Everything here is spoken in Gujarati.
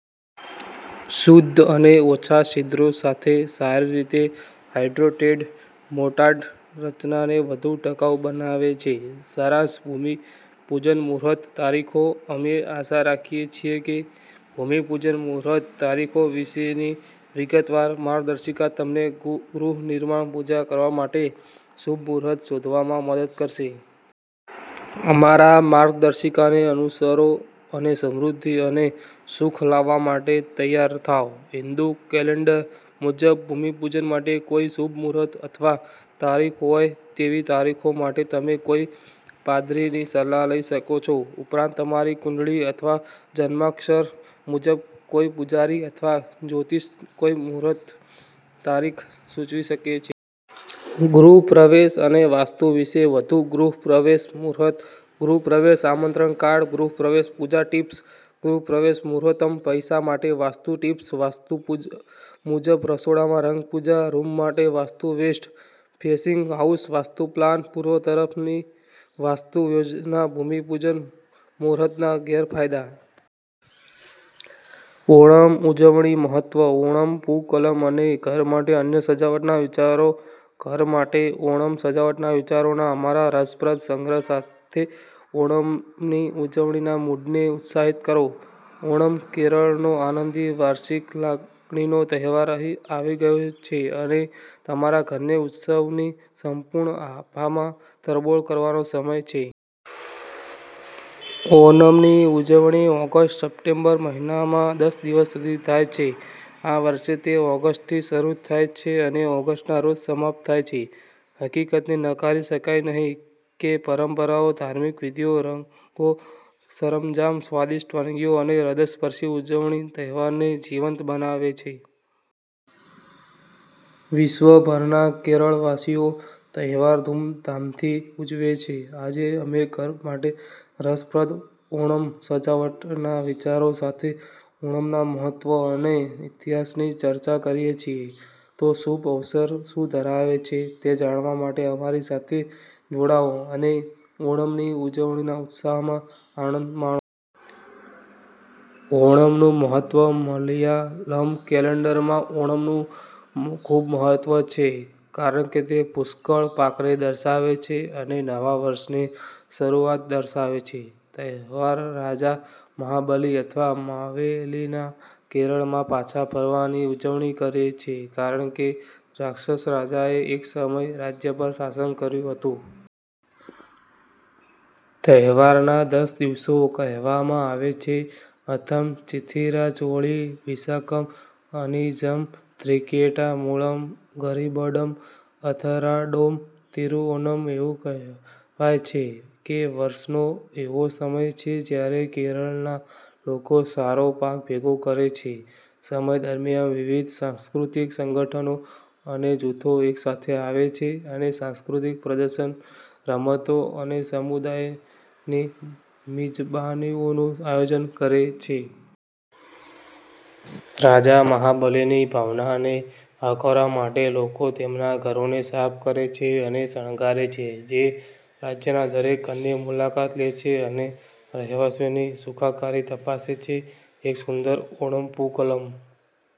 શુદ્ધ અને ઓછા છિદ્રો સાથે સારી રીતે હાઇડ્રાટેડ મોર્ટાર રચનાને વધુ ટકાઉ બનાવે છે. સારાંશભૂમિ પૂજન મુહૂર્ત તારીખો અમે આશા રાખીએ છીએ કે ભૂમિ પૂજન મુહૂર્ત તારીખો વિશેનીવિગતવાર માર્ગદર્શિકા તમને ગૃહ નિર્માણ પૂજા કરવા માટે શુભ મુહૂર્ત શોધવામાં મદદ કરશે. અમારા માર્ગદર્શિકાને અનુસરો અને સમૃદ્ધિ અને સુખ લાવવા માટે તૈયાર થાઓ. હિંદુ કેલેન્ડર મુજબ, ભૂમિપૂજન માટે કોઈ શુભ મુહૂર્ત અથવા તારીખ હોય તેવી તારીખો માટે તમે કોઈ પાદરીની સલાહ લઈ શકો છો. ઉપરાંત, તમારી કુંડળી અથવા જન્માક્ષર મુજબ, કોઈ પૂજારી અથવા જ્યોતિષ કોઈ મુહૂર્ત તારીખ સૂચવી શકે છે. ગૃહ પ્રવેશ અને વાસ્તુ વિશે વધુ ગૃહ પ્રવેશ મુહૂર્ત ગૃહ પ્રવેશ આમંત્રણ કાર્ડ ગૃહ પ્રવેશ પૂજા ટિપ્સ ગૃહપ્રવેશ મુહૂર્તમ પૈસા માટે વાસ્તુ ટિપ્સ વાસ્તુ મુજબ રસોડામાં રંગ પૂજા રૂમ માટે vastu west facing house vastu plan પૂર્વ તરફની વાસ્તુ યોજના ભૂમિ પૂજન મુહૂર્તના ગેરફાયદા ઓણમ ઉજવણી મહત્વ, ઓણમ પૂકલમ અને ઘર માટે અન્ય સજાવટના વિચારો ઘર માટે ઓણમ સજાવટના વિચારોના અમારા રસપ્રદ સંગ્રહ સાથે ઓણમની ઉજવણીના મૂડને ઉત્સાહિત કરો. ઓણમ, કેરળનો આનંદી વાર્ષિક લાગણીનો તહેવાર, અહીં આવી ગયો છે, અને તમારા ઘરને ઉત્સવની સંપૂર્ણ આભામાં તરબોળ કરવાનોસમય છે. ઓનમની ઉજવણી ઓગસ્ટ-સપ્ટેમ્બર મહિનામાં દસ દિવસ સુધી થાય છેઆ વર્ષે, તે ઓગસ્ટથી શરૂ થાય છે અને ઓગસ્ટના રોજ સમાપ્ત થાય છે. હકીકતને નકારી શકાય નહીં કે પરંપરાઓ, ધાર્મિક વિધિઓ, રંગો, સરંજામ, સ્વાદિષ્ટ વાનગીઓ અને હ્રદયસ્પર્શી ઉજવણી તહેવારને જીવંત બનાવે છે. વિશ્વભરના કેરળવાસીઓતહેવાર ખૂબધામધૂમથી ઉજવે છે. આજે, અમે ઘર માટે રસપ્રદ ઓણમ સજાવટના વિચારો સાથે ઓણમના મહત્વ અને ઇતિહાસની ચર્ચા કરીએ છીએ. તોશુભ અવસર શું ધરાવે છે તે જાણવા માટે અમારી સાથે જોડાઓ અને ઓણમની ઉજવણીના ઉત્સાહમાં આનંદ માણ ઓણમનું મહત્વ મલયાલમ કેલેન્ડરમાં ઓણમનું ખૂબ મહત્વ છે કારણ કે તે પુષ્કળ પાકને દર્શાવે છે અને નવા વર્ષની શરૂઆત દર્શાવે છે. તહેવાર રાજા મહાબલી અથવા માવેલીના કેરળમાં પાછા ફરવાની ઉજવણી કરે છે કારણ કે રાક્ષસ રાજાએ એક સમયે રાજ્ય પર શાસન કર્યું હતું. તહેવારના દસ દિવસો કહેવામાં આવે છેઅથમ ચિથિરા ચોળી વિશાકમ અનીઝમ થ્રીકેટા મૂળમ ગરીબડમ ઉથરાડોમ તિરુઓનમ એવું કહેવાય છે કેવર્ષનો એવો સમય છે જ્યારે કેરળના લોકો સારો પાક ભેગો કરે છે. સમય દરમિયાન વિવિધ સાંસ્કૃતિક સંગઠનો અને જૂથો એકસાથે આવે છે અને સાંસ્કૃતિક પ્રદર્શન, રમતો અને સમુદાયની મિજબાનીઓનું આયોજન કરે છે. રાજા મહાબલિની ભાવનાને આવકારવા માટે લોકો તેમના ઘરોને સાફ કરે છે અને શણગારે છે, જે રાજ્યના દરેક ઘરની મુલાકાત લે છે અને રહેવાસીઓની સુખાકારી તપાસે છે. એક સુંદર ઓણમ પૂકલમ